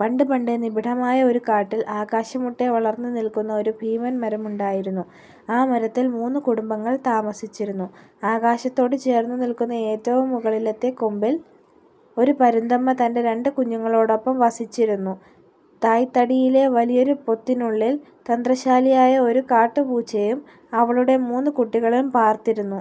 പണ്ട് പണ്ട്, നിബിഡമായ ഒരു കാട്ടിൽ ആകാശം മുട്ടെ വളർന്നു നിൽക്കുന്ന ഒരു ഭീമൻ മരമുണ്ടായിരുന്നു. ആ മരത്തിൽ മൂന്ന് കുടുംബങ്ങൾ താമസിച്ചിരുന്നു. ആകാശത്തോട് ചേർന്നു നിൽക്കുന്ന ഏറ്റവും മുകളിലത്തെ കൊമ്പിൽ, ഒരു പരുന്തമ്മ തന്റെ രണ്ട് കുഞ്ഞുങ്ങളോടൊപ്പം വസിച്ചിരുന്നു. തായ്ത്തടിയിലെ വലിയൊരു പൊത്തിനുള്ളിൽ, തന്ത്രശാലിയായ ഒരു കാട്ടുപൂച്ചയും അവളുടെ മൂന്ന് കുട്ടികളും പാർത്തിരുന്നു.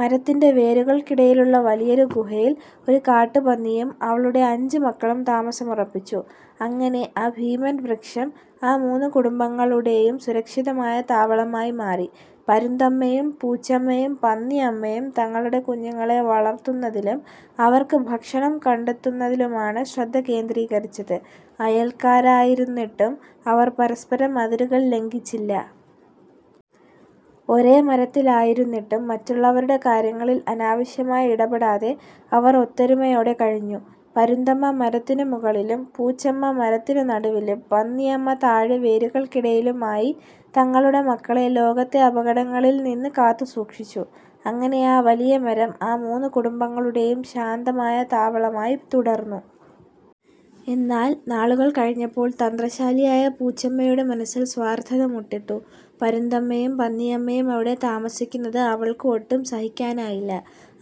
മരത്തിന്റെ വേരുകൾക്കിടയിലുള്ള വലിയൊരു ഗുഹയിൽ, ഒരു കാട്ടുപന്നിയും അവളുടെ അഞ്ച് മക്കളും താമസമുറപ്പിച്ചു. അങ്ങനെ ആ ഭീമൻ വൃക്ഷം ആ മൂന്ന് കുടുംബങ്ങളുടെയും സുരക്ഷിതമായ താവളമായി മാറി. പരുന്തമ്മയും പൂച്ചമ്മയും പന്നിയമ്മയും തങ്ങളുടെ കുഞ്ഞുങ്ങളെ വളർത്തുന്നതിലും അവർക്ക് ഭക്ഷണം കണ്ടെത്തുന്നതിലുമാണ് ശ്രദ്ധ കേന്ദ്രീകരിച്ചത്. അയൽക്കാരായിരുന്നിട്ടും അവർ പരസ്പരം അതിരുകൾ ലംഘിച്ചില്ല. ഒരേ മരത്തിലായിരുന്നിട്ടും മറ്റുള്ളവരുടെ കാര്യങ്ങളിൽ അനാവശ്യമായി ഇടപെടാതെ അവർ ഒത്തൊരുമയോടെ കഴിഞ്ഞു. പരുന്തമ്മ മരത്തിനു മുകളിലും, പൂച്ചമ്മ മരത്തിന് നടുവിലും, പന്നിയമ്മ താഴെ വേരുകൾക്കിടയിലുമായി തങ്ങളുടെ മക്കളെ ലോകത്തെ അപകടങ്ങളിൽ നിന്ന് കാത്തുസൂക്ഷിച്ചു. അങ്ങനെ ആ വലിയ മരം ആ മൂന്ന് കുടുംബങ്ങളുടെയും ശാന്തമായ താവളമായി തുടർന്നു. എന്നാൽ നാളുകൾ കഴിഞ്ഞപ്പോൾ, തന്ത്രശാലിയായ പൂച്ചമ്മയുടെ മനസ്സിൽ സ്വാർത്ഥത മൊട്ടിട്ടു. പരുന്തമ്മയും പന്നിയമ്മയും അവിടെ താമസിക്കുന്നത് അവൾക്ക് ഒട്ടും സഹിക്കാനായില്ല.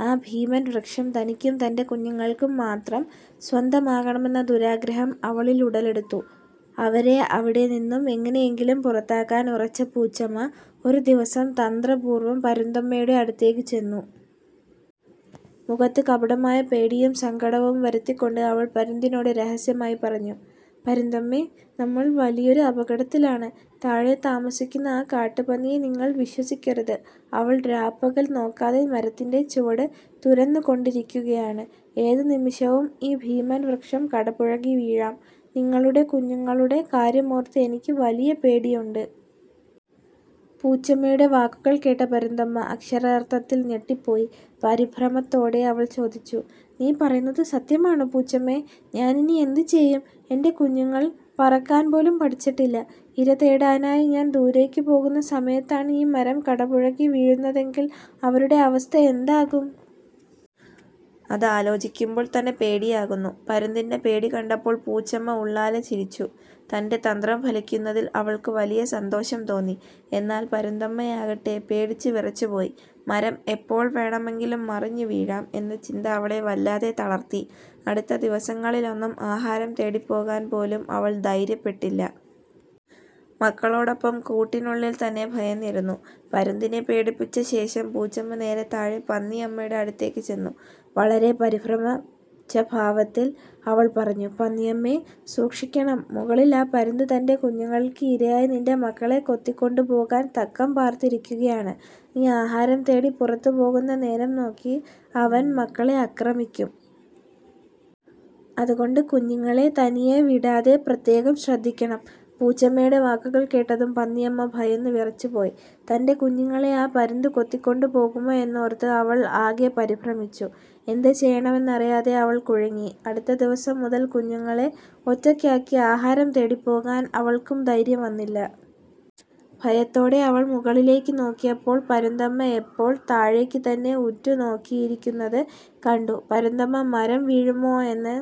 ആ ഭീമൻ വൃക്ഷം തനിക്കും തന്റെ കുഞ്ഞുങ്ങൾക്കും മാത്രം സ്വന്തമാകണമെന്ന ദുരാഗ്രഹം അവളിൽ ഉടലെടുത്തു. അവരെ അവിടെനിന്നും എങ്ങനെയെങ്കിലും പുറത്താക്കാൻ ഉറച്ച പൂച്ചമ്മ, ഒരു ദിവസം തന്ത്രപൂർവം പരുന്തമ്മയുടെ അടുത്തേക്ക് ചെന്നു. മുഖത്ത് കപടമായ പേടിയും സങ്കടവും വരുത്തിക്കൊണ്ട് അവൾ പരുന്തിനോട് രഹസ്യമായി പറഞ്ഞു: "പരുന്തമ്മേ, നമ്മൾ വലിയൊരു അപകടത്തിലാണ്. താഴെ താമസിക്കുന്ന ആ കാട്ടുപന്നിയെ നിങ്ങൾ വിശ്വസിക്കരുത്. അവൾ രാപകൽ നോക്കാതെ മരത്തിന്റെ ചുവട് തുരന്നുകൊണ്ടിരിക്കുകയാണ്. ഏതു നിമിഷവും ഈ ഭീമൻ വൃക്ഷം കടപുഴകി വീഴാം! നിങ്ങളുടെ കുഞ്ഞുങ്ങളുടെ കാര്യമോർത്ത് എനിക്ക് വലിയ പേടിയുണ്ട്. " പൂച്ചമ്മയുടെ വാക്കുകൾ കേട്ട പരുന്തമ്മ അക്ഷരാർത്ഥത്തിൽ ഞെട്ടിപ്പോയി. പരിഭ്രമത്തോടെ അവൾ ചോദിച്ചു "നീ പറയുന്നത് സത്യമാണോ പൂച്ചമ്മേ? ഞാൻ ഇനി എന്ത് ചെയ്യും? എന്റെ കുഞ്ഞുങ്ങൾ പറക്കാൻ പോലും പഠിച്ചിട്ടില്ല. ഇര തേടാനായി ഞാൻ ദൂരേക്ക് പോകുന്ന സമയത്താണ് ഈ മരം കടപുഴകി വീഴുന്നതെങ്കിൽ അവരുടെ അവസ്ഥ എന്താകും? അത് ആലോചിക്കുമ്പോൾ തന്നെ പേടിയാകുന്നു. " പരുന്തിന്റെ പേടി കണ്ടപ്പോൾ പൂച്ചമ്മ ഉള്ളാലെ ചിരിച്ചു. തന്റെ തന്ത്രം ഫലിക്കുന്നതിൽ അവൾക്ക് വലിയ സന്തോഷം തോന്നി. എന്നാൽ പരുന്തമ്മയാകട്ടെ, പേടിച്ച് വിറച്ചുപോയി. മരം എപ്പോൾ വേണമെങ്കിലും മറിഞ്ഞു വീഴാം എന്ന ചിന്ത അവളെ വല്ലാതെ തളർത്തി. അടുത്ത ദിവസങ്ങളിലൊന്നും ആഹാരം തേടിപ്പോകാൻ പോലും അവൾ ധൈര്യപ്പെട്ടില്ല. മക്കളോടൊപ്പം കൂട്ടിനുള്ളിൽ തന്നെ ഭയന്നിരുന്നു. പരുന്തിനെ പേടിപ്പിച്ച ശേഷം പൂച്ചമ്മ നേരെ താഴെ പന്നിയമ്മയുടെ അടുത്തേക്ക് ചെന്നു. വളരെ പരിഭ്രമിച്ച ഭാവത്തിൽ അവൾ പറഞ്ഞു: "പന്നിയമ്മേ, സൂക്ഷിക്കണം! മുകളിൽ ആ പരുന്ത് തന്റെ കുഞ്ഞുങ്ങൾക്ക് ഇരയായി നിന്റെ മക്കളെ കൊത്തിക്കൊണ്ടുപോകാൻ തക്കം പാർത്തിരിക്കുകയാണ്. നീ ആഹാരം തേടി പുറത്തുപോകുന്ന നേരം നോക്കി അവൻ മക്കളെ ആക്രമിക്കും. അതുകൊണ്ട് കുഞ്ഞുങ്ങളെ തനിയെ വിടാതെ പ്രത്യേകം ശ്രദ്ധിക്കണം! " പൂച്ചമ്മയുടെ വാക്കുകൾ കേട്ടതും പന്നിയമ്മ ഭയന്നുവിറച്ചുപോയി. തന്റെ കുഞ്ഞുങ്ങളെ ആ പരുന്ത് കൊത്തിക്കൊണ്ടു പോകുമോ എന്നോർത്ത് അവൾ ആകെ പരിഭ്രമിച്ചു. എന്തു ചെയ്യണമെന്നറിയാതെ അവൾ കുഴങ്ങി. അടുത്ത ദിവസം മുതൽ കുഞ്ഞുങ്ങളെ ഒറ്റയ്ക്കാക്കി ആഹാരം തേടിപ്പോകാൻ അവൾക്കും ധൈര്യം വന്നില്ല. ഭയത്തോടെ അവൾ മുകളിലേക്ക് നോക്കിയപ്പോൾ, പരുന്തമ്മ എപ്പോഴും താഴേക്ക് തന്നെ ഉറ്റുനോക്കിയിരിക്കുന്നത് കണ്ടു. പരുന്തമ്മ മരം വീഴുമോ എന്ന്